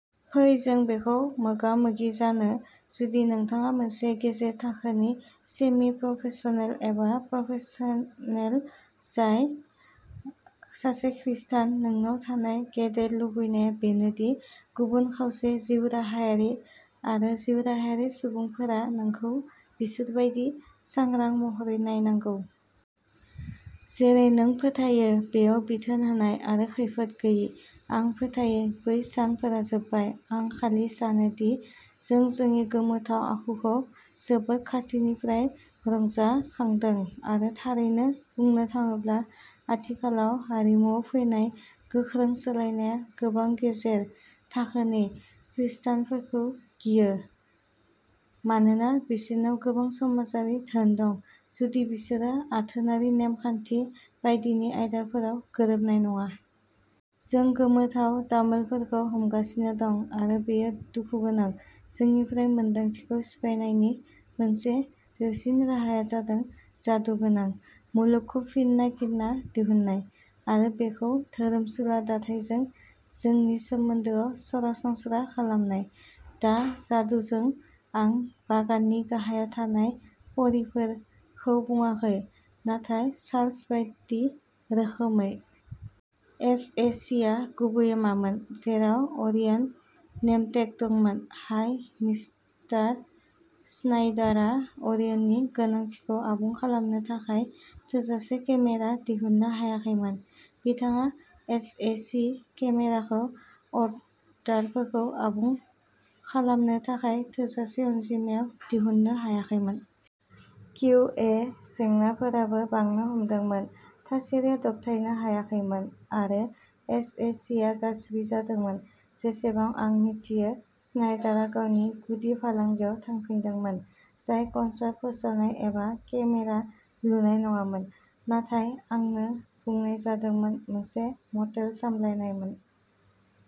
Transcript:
फै जों बेखौ मोगा-मोगि जानो, जुदि नोंथाङा मोनसे गेजेर थाखोनि सेमि-प्रफेसनेल एबा प्रफेसनेल जाय सासे खृस्टान, नोंनाव थानाय गेदेर लुबैनाया बेनो दि गुबुन खावसे-जिउराहायारि आरो जिउराहायारि सुबुंफोरा नोंखौ बिसोर बायदि सांग्रां महरै नायनांगौ। जेरै नों फोथायो बेयाव बिथोन होनाय आरो खैफोद गैयि। आं फोथायो बै सानफोरा जोबबाय। आं खालि सानो दि जों जोंनि गोमोथाव आखुखौ जोबोद खाथिनिफ्राय रंजाखांदों, आरो थारैनो बुंनो थाङोब्ला आथिखालाव हारिमुआव फैनाय गोख्रों सोलायनाया गोबां गेजेर थाखोनि खृस्टानफोरखौ गियो, मानोना बिसोरनाव गोबां समाजारि धोन दं, जुदि बिसोरो आथोनारि नेम खान्थि बायदिनि आयदाफोराव गोरोबनाय नङा। जों गोमोथाव दामोलफोरखौ हमगासिनो दं, आरो बेयो दुखु गोनां। जोंनिफ्राय मोनदांथिखौ सिफायनायनि मोनसे देरसिन राहाया जादों "जादुगोनां" मुलुगखौ फिन नायफिरना दिहुननाय, आरो बेखौ धोरोमसुला दाथायजों जोंनि सोमोन्दोआव सरासनस्रा खालामनाय। दा जादुजों आं "बागाननि गाहायाव थानाय परीफोर" खौ बुङाखै, नाथाय चार्ल्स बायदि रोखोमै। एस. ए. सि. आ गुबैयै मामोन, जेराव अरियन नेमटेग दंमोन। हाय, मिस्टार स्नाइडारआ अरियननि गोनांथिखौ आबुं खालामनो थाखाय थोजासे केमेरा दिहुननो हायाखैमोन। बिथाङा एस. ए. सि. केमेराखौ अर्डारफोरखौ आबुं खालामनो थाखाय थोजासे अनजिमायाव दिहुननो हायाखैमोन। किउ. ए. जेंनाफोराबो बांनो हमदोंमोन। थासारिया दबथायनो हायाखैमोन आरो एस. ए. सि. आ गाज्रि जादोंमोन। जेसेबां आं मिथियो, स्नाइडारआ गावनि गुदि फालांगियाव थांफिनदोंमोन-जाय कनसार्ट फोसावनाय एबा केमेरा लुनाय नङामोन, नाथाय, आंनो बुंनाय जादोंमोन, मोनसे मटेल सामलायनायमोन।